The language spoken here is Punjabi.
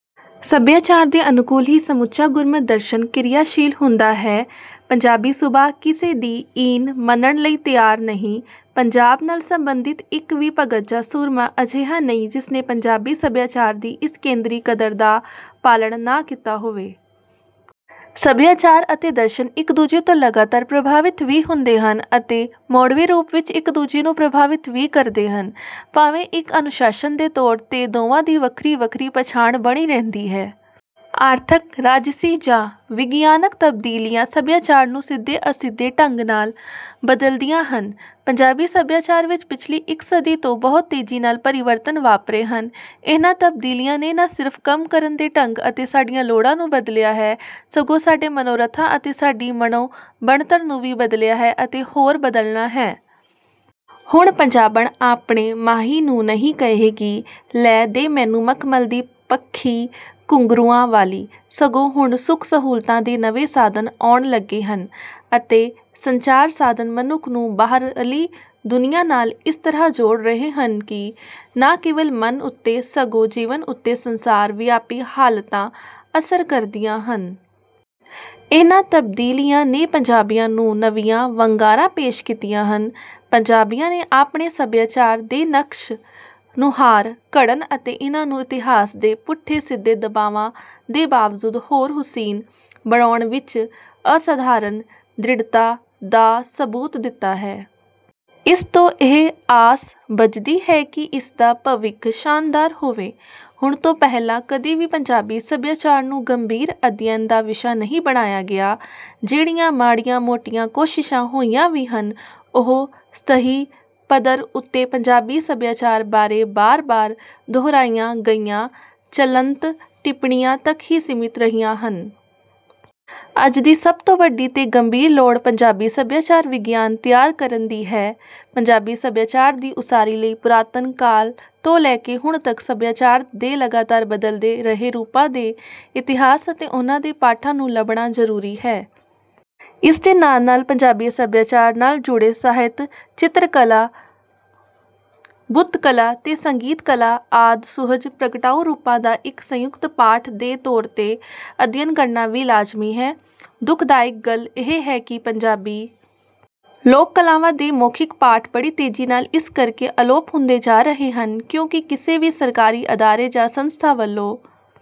ਸੱਭਿਆਚਾਰ ਦੇ ਅਨੁਕੂਲ ਹੀ ਸਮੁੱਚਾ ਗੁਰਮਤਿ ਦਰਸ਼ਨ ਕਿਰਿਆਸ਼ੀਲ ਹੁੰਦਾ ਹੈ। ਪੰਜਾਬੀ ਸੁਭਾਅ ਕਿਸੇ ਦੀ ਈਨ ਮੰਨਣ ਲਈ ਤਿਆਰ ਨਹੀਂ। ਪੰਜਾਬ ਨਾਲ ਸੰਬੰਧਿਤ ਇੱਕ ਵੀ ਭਗਤ ਜਾਂ ਸੂਰਮਾ ਅਜਿਹਾ ਨਹੀਂ ਜਿਸ ਨੇ ਪੰਜਾਬੀ ਸੱਭਿਆਚਾਰ ਦੀ ਇਸ ਕੇਂਦਰੀ ਕਦਰ ਦਾ ਪਾਲਣ ਨਾ ਕੀਤਾ ਹੋਵੇ। ਸੱਭਿਆਚਾਰ ਅਤੇ ਦਰਸ਼ਨ ਇੱਕ-ਦੂਜੇ ਤੋਂ ਲਗਾਤਾਰ ਪ੍ਰਭਾਵਿਤ ਵੀ ਹੁੰਦੇ ਹਨ ਅਤੇ ਮੋੜਵੇਂ ਰੂਪ ਵਿੱਚ ਇੱਕ-ਦੂਜੇ ਨੂੰ ਪ੍ਰਭਾਵਿਤ ਵੀ ਕਰਦੇ ਹਨ, ਭਾਵੇਂ ਇੱਕ ਅਨੁਸ਼ਾਸਨ ਦੇ ਤੌਰ 'ਤੇ ਦੋਵਾਂ ਦੀ ਵੱਖਰੀ-ਵੱਖਰੀ ਪਛਾਣ ਬਣੀ ਰਹਿੰਦੀ ਹੈ। ਆਰਥਕ, ਰਾਜਸੀ ਜਾਂ ਵਿਗਿਆਨਕ ਤਬਦੀਲੀਆਂ ਸੱਭਿਆਚਾਰ ਨੂੰ ਸਿੱਧੇ-ਅਸਿੱਧੇ ਢੰਗ ਨਾਲ ਬਦਲਦੀਆਂ ਹਨ। ਪੰਜਾਬੀ ਸੱਭਿਆਚਾਰ ਵਿੱਚ ਪਿਛਲੀ ਇੱਕ ਸਦੀ ਤੋਂ ਬਹੁਤ ਤੇਜ਼ੀ ਨਾਲ ਪਰਿਵਰਤਨ ਵਾਪਰੇ ਹਨ। ਇਹਨਾਂ ਤਬਦੀਲੀਆਂ ਨੇ ਨਾ ਸਿਰਫ਼ ਕੰਮ ਕਰਨ ਦੇ ਢੰਗ ਅਤੇ ਸਾਡੀਆਂ ਲੋੜਾਂ ਨੂੰ ਬਦਲਿਆ ਹੈ, ਸਗੋਂ ਸਾਡੇ ਮਨੋਰਥਾਂ ਅਤੇ ਸਾਡੀ ਮਨੋਬਣਤਰ ਨੂੰ ਵੀ ਬਦਲਿਆ ਹੈ ਅਤੇ ਹੋਰ ਬਦਲਣਾ ਹੈ। ਹੁਣ ਪੰਜਾਬਣ ਆਪਣੇ ਮਾਹੀ ਨੂੰ ਨਹੀਂ ਕਹੇਗੀ ਕਿ, "ਲੈ ਦੇ ਮੈਨੂੰ ਮਖਮਲ ਦੀ ਪੱਖੀ ਘੁੰਗਰੂਆਂ ਵਾਲੀ।" ਸਗੋਂ ਹੁਣ ਸੁਖ-ਸਹੂਲਤਾਂ ਦੇ ਨਵੇਂ ਸਾਧਨ ਆਉਣ ਲੱਗੇ ਹਨ ਅਤੇ ਸੰਚਾਰ ਸਾਧਨ ਮਨੁੱਖ ਨੂੰ ਬਾਹਰਲੀ ਦੁਨੀਆ ਨਾਲ ਇਸ ਤਰ੍ਹਾਂ ਜੋੜ ਰਹੇ ਹਨ ਕਿ ਨਾ ਕੇਵਲ ਮਨ ਉੱਤੇ, ਸਗੋਂ ਜੀਵਨ ਉੱਤੇ ਸੰਸਾਰ-ਵਿਆਪੀ ਹਾਲਤਾਂ ਅਸਰ ਕਰਦੀਆਂ ਹਨ। ਇਹਨਾਂ ਤਬਦੀਲੀਆਂ ਨੇ ਪੰਜਾਬੀਆਂ ਨੂੰ ਨਵੀਆਂ ਵੰਗਾਰਾਂ ਪੇਸ਼ ਕੀਤੀਆਂ ਹਨ। ਪੰਜਾਬੀਆਂ ਨੇ ਆਪਣੇ ਸੱਭਿਆਚਾਰ ਦੇ ਨਕਸ਼-ਨੁਹਾਰ ਘੜਨ ਅਤੇ ਇਹਨਾਂ ਨੂੰ ਇਤਿਹਾਸ ਦੇ ਪੁੱਠੇ-ਸਿੱਧੇ ਦਬਾਵਾਂ ਦੇ ਬਾਵਜੂਦ ਹੋਰ ਹੁਸੀਨ ਬਣਾਉਣ ਵਿੱਚ ਅਸਾਧਾਰਨ ਦ੍ਰਿੜਤਾ ਦਾ ਸਬੂਤ ਦਿੱਤਾ ਹੈ। ਇਸ ਤੋਂ ਇਹ ਆਸ ਬੱਝਦੀ ਹੈ ਕਿ ਇਸ ਦਾ ਭਵਿੱਖ ਸ਼ਾਨਦਾਰ ਹੋਵੇ। ਹੁਣ ਤੋਂ ਪਹਿਲਾਂ ਕਦੇ ਵੀ ਪੰਜਾਬੀ ਸਭਿਆਚਾਰ ਨੂੰ ਗੰਭੀਰ ਅਧਿਐਨ ਦਾ ਵਿਸ਼ਾ ਨਹੀਂ ਬਣਾਇਆ ਗਿਆ। ਜਿਹੜੀਆਂ ਮਾੜੀਆਂ-ਮੋਟੀਆਂ ਕੋਸ਼ਿਸ਼ਾਂ ਹੋਈਆਂ ਵੀ ਹਨ, ਉਹ ਸਤਹੀ ਪੱਧਰ ਉੱਤੇ ਪੰਜਾਬੀ ਸਭਿਆਚਾਰ ਬਾਰੇ ਬਾਰ-ਬਾਰ ਦੁਹਰਾਈਆਂ ਗਈਆਂ ਚਲੰਤ ਟਿੱਪਣੀਆਂ ਤੱਕ ਹੀ ਸੀਮਿਤ ਰਹੀਆਂ ਹਨ। ਅੱਜ ਦੀ ਸਭ ਤੋਂ ਵੱਡੀ ਤੇ ਗੰਭੀਰ ਲੋੜ ਪੰਜਾਬੀ ਸਭਿਆਚਾਰ-ਵਿਗਿਆਨ ਤਿਆਰ ਕਰਨ ਦੀ ਹੈ। ਪੰਜਾਬੀ ਸਭਿਆਚਾਰ ਦੀ ਉਸਾਰੀ ਲਈ ਪੁਰਾਤਨ ਕਾਲ ਤੋਂ ਲੈ ਕੇ ਹੁਣ ਤੱਕ ਸਭਿਆਚਾਰ ਦੇ ਲਗਾਤਾਰ ਬਦਲਦੇ ਰਹੇ ਰੂਪਾਂ ਦੇ ਇਤਿਹਾਸ ਅਤੇ ਉਹਨਾਂ ਦੇ ਪਾਠਾਂ ਨੂੰ ਲੱਭਣਾ ਜ਼ਰੂਰੀ ਹੈ। ਇਸਦੇ ਨਾਲ-ਨਾਲ ਪੰਜਾਬੀ ਸਭਿਆਚਾਰ ਨਾਲ ਜੁੜੇ ਸਾਹਿਤ, ਚਿਤਰਕਲਾ, ਬੁੱਤਕਲਾ ਤੇ ਸੰਗੀਤ-ਕਲਾ ਆਦਿ ਸੁਹਜ ਪ੍ਰਗਟਾਊ ਰੂਪਾਂ ਦਾ ਇੱਕ ਸੰਯੁਕਤ ਪਾਠ ਦੇ ਤੌਰ 'ਤੇ ਅਧਿਐਨ ਕਰਨਾ ਵੀ ਲਾਜ਼ਮੀ ਹੈ। ਦੁਖਦਾਇਕ ਗੱਲ ਇਹ ਹੈ ਕਿ ਪੰਜਾਬੀ ਲੋਕ ਕਲਾਵਾਂ ਦੇ ਮੌਖਿਕ ਪਾਠ ਬੜੀ ਤੇਜ਼ੀ ਨਾਲ ਇਸ ਕਰਕੇ ਅਲੋਪ ਹੁੰਦੇ ਜਾ ਰਹੇ ਹਨ, ਕਿਉਂਕਿ ਕਿਸੇ ਵੀ ਸਰਕਾਰੀ ਅਦਾਰੇ ਜਾਂ ਸੰਸਥਾ ਵੱਲੋਂ